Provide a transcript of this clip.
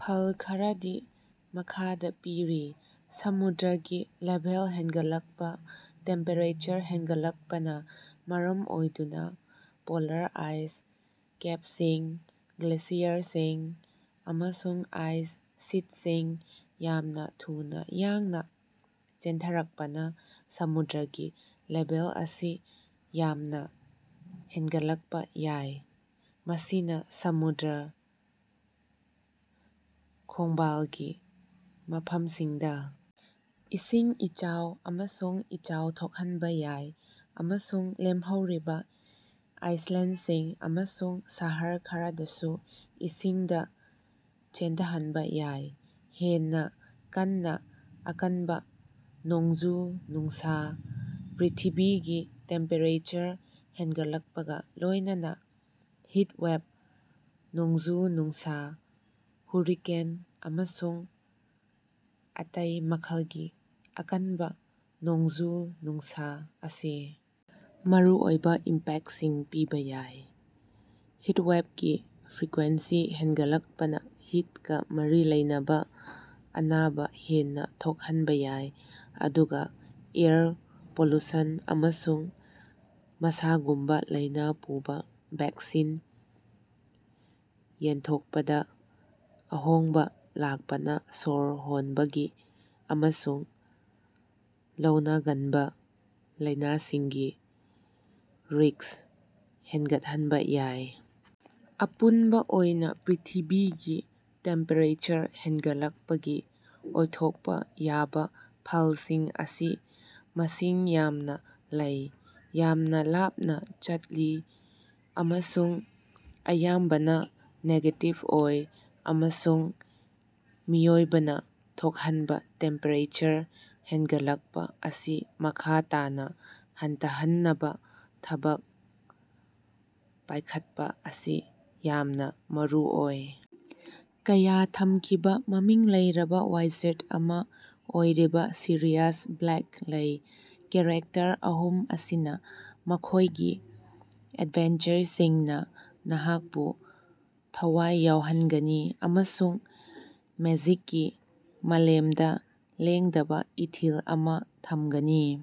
ꯐꯜ ꯈꯔꯗꯤ ꯃꯈꯥꯗ ꯄꯤꯔꯤ - ꯁꯃꯨꯗ꯭ꯔꯒꯤ ꯂꯦꯚꯦꯜ ꯍꯦꯟꯒꯠꯂꯛꯄ -ꯇꯦꯝꯄꯦꯔꯦꯆꯔ ꯍꯦꯟꯒꯠꯂꯛꯄꯅ ꯃꯔꯝ ꯑꯣꯏꯗꯨꯅ ꯄꯣꯂꯥꯔ ꯑꯥꯏꯁ ꯀꯦꯞꯁꯤꯡ, ꯒ꯭ꯂꯦꯁꯤꯌꯔꯁꯤꯡ, ꯑꯃꯁꯨꯡ ꯑꯥꯏꯁ ꯁꯤꯠꯁꯤꯡ ꯌꯥꯝꯅ ꯊꯨꯅ ꯌꯥꯡꯅ ꯆꯦꯟꯊꯔꯛꯄꯅꯥ ꯁꯃꯨꯗ꯭ꯔꯒꯤ ꯂꯦꯚꯦꯜ ꯑꯁꯤ ꯌꯥꯝꯅ ꯍꯦꯟꯒꯠꯂꯛꯄ ꯌꯥꯏ꯫ ꯃꯁꯤꯅ ꯁꯃꯨꯗ꯭ꯔ ꯈꯣꯡꯕꯥꯜꯒꯤ ꯃꯐꯝꯁꯤꯡꯗ ꯏꯁꯤꯡ ꯏꯆꯥꯎ ꯑꯃꯁꯨꯡ ꯏꯆꯥꯎ ꯊꯣꯛꯍꯟꯕ‌ ꯌꯥꯏ ꯑꯃꯁꯨꯡ ꯂꯦꯝꯍꯧꯔꯤꯕ ꯑꯥꯏꯁꯂꯦꯟꯁꯤꯡ ꯑꯃꯁꯨꯡ ꯁꯍꯔ ꯈꯔꯗꯁꯨ ꯏꯁꯤꯡꯗ ꯆꯦꯟꯊꯍꯟꯕ ꯌꯥꯏ꯫ ꯍꯦꯟꯅ‌ ꯀꯟꯅ ꯑꯀꯟꯕꯥ ꯅꯣꯡꯖꯨ-ꯅꯨꯡꯁ - ꯄ꯭ꯔꯤꯊꯤꯕꯤꯒꯤ ꯇꯦꯝꯄꯦꯔꯦꯆꯔ ꯍꯦꯟꯒꯠꯂꯛꯄꯒ ꯂꯣꯏꯅꯅꯥ ꯍꯤꯇꯋꯦꯚ, ꯅꯣꯡꯖꯨ-ꯅꯨꯡꯁꯥ, ꯍꯨꯔꯤꯀꯦꯟ ꯑꯃꯁꯨꯡ ꯑꯇꯩ ꯃꯈꯜꯒꯤ ꯑꯀꯟꯕ ꯅꯣꯡꯖꯨ-ꯅꯨꯡꯁꯥ ꯑꯁꯤ ꯃꯔꯨꯑꯣꯏꯕ ꯏꯝꯄꯦꯛꯇꯁꯤꯡ ꯄꯤꯕ ꯌꯥꯏ꯫ ꯍꯤꯠꯋꯦꯕꯀꯤ ꯐ꯭ꯔꯤꯀ꯭ꯋꯦꯟꯁꯤ ꯍꯦꯟꯒꯠꯂꯛꯄꯅꯥ ꯍꯤꯠꯀꯥ ꯃꯔꯤ ꯂꯩꯅꯕꯥ ꯑꯅꯥꯕ ꯍꯦꯟꯅ ꯊꯣꯛꯍꯟꯕ ꯌꯥꯏ, ꯑꯗꯨꯒ ꯑꯦꯌꯔ ꯄꯣꯂꯨꯁꯟ ꯑꯃꯁꯨꯡ ꯃꯁꯥꯒꯨꯝꯕ ꯂꯥꯏꯅꯥ ꯄꯨꯕ ꯚꯦꯛꯁꯤꯟ ꯌꯦꯟꯊꯣꯛꯄꯗꯥ ꯑꯍꯣꯡꯕ ꯂꯥꯛꯄꯅꯥ ꯁꯣꯔ ꯍꯣꯟꯕꯒꯤ ꯑꯃꯁꯨꯡ ꯂꯧꯅꯒꯟꯕ ꯂꯥꯏꯅꯥꯁꯤꯡꯒꯤ ꯔꯤꯁ꯭ꯛ ꯍꯦꯟꯒꯠꯍꯟꯕꯥ ꯌꯥꯏ꯫ ꯑꯄꯨꯟꯕ ꯑꯣꯏꯅ, ꯄ꯭ꯔꯤꯊꯤꯕꯤꯒꯤ ꯇꯦꯝꯄꯦꯔꯦꯆꯔ ꯍꯦꯟꯒꯠꯂꯛꯄꯒꯤ ꯑꯣꯏꯊꯣꯛꯄ ꯌꯥꯕ ꯐꯜꯁꯤꯡ ꯑꯁꯤ ꯃꯁꯤꯡ ꯌꯥꯝꯅ ꯂꯩ, ꯌꯥꯝꯅ ꯂꯥꯞꯅ ꯆꯠꯂꯤ ꯑꯃꯁꯨꯡ ꯑꯌꯥꯝꯕꯅꯥ ꯅꯦꯒꯦꯇꯤꯕ ꯑꯣꯏ, ꯑꯃꯁꯨꯡ ꯃꯤꯑꯣꯏꯕꯅꯥ ꯊꯣꯛꯍꯟꯕ ꯇꯦꯝꯄꯦꯔꯦꯆꯔ ꯍꯦꯟꯒꯠꯂꯛꯄꯥ ꯑꯁꯤ ꯃꯈꯥ ꯇꯥꯅꯥ ꯍꯟꯊꯍꯟꯅꯕꯥ ꯊꯕꯛ ꯄꯥꯏꯈꯠꯄꯥ ꯑꯁꯤ ꯌꯥꯝꯅ ꯃꯔꯨꯑꯣꯏ꯫ ꯀꯌꯥ ꯊꯝꯈꯤꯕ ꯃꯃꯤꯡ ꯂꯩꯔꯕꯥ ꯋꯥꯏꯖꯥꯔꯗ ꯑꯃ ꯑꯣꯏꯔꯤꯕ ꯁꯤꯔꯤꯌꯁ ꯕ꯭ꯂꯦꯛ ꯂꯩ꯫ ꯀꯦꯔꯦꯛꯇꯔ ꯑꯍꯨꯝ ꯑꯁꯤꯅ ꯃꯈꯣꯏꯒꯤ ꯑꯦꯗꯚꯦꯟꯆꯔꯁꯤꯡꯅ ꯅꯍꯥꯛꯄꯨ ꯊꯋꯥꯏ ꯌꯥꯎꯍꯟꯒꯅꯤ ꯑꯃꯁꯨꯡ ꯃꯦꯖꯤꯛꯀꯤ ꯃꯥꯂꯦꯝꯗ ꯂꯦꯡꯗꯕꯥ ꯏꯊꯤꯜ ꯑꯃꯥ ꯊꯝꯒꯅꯤ꯫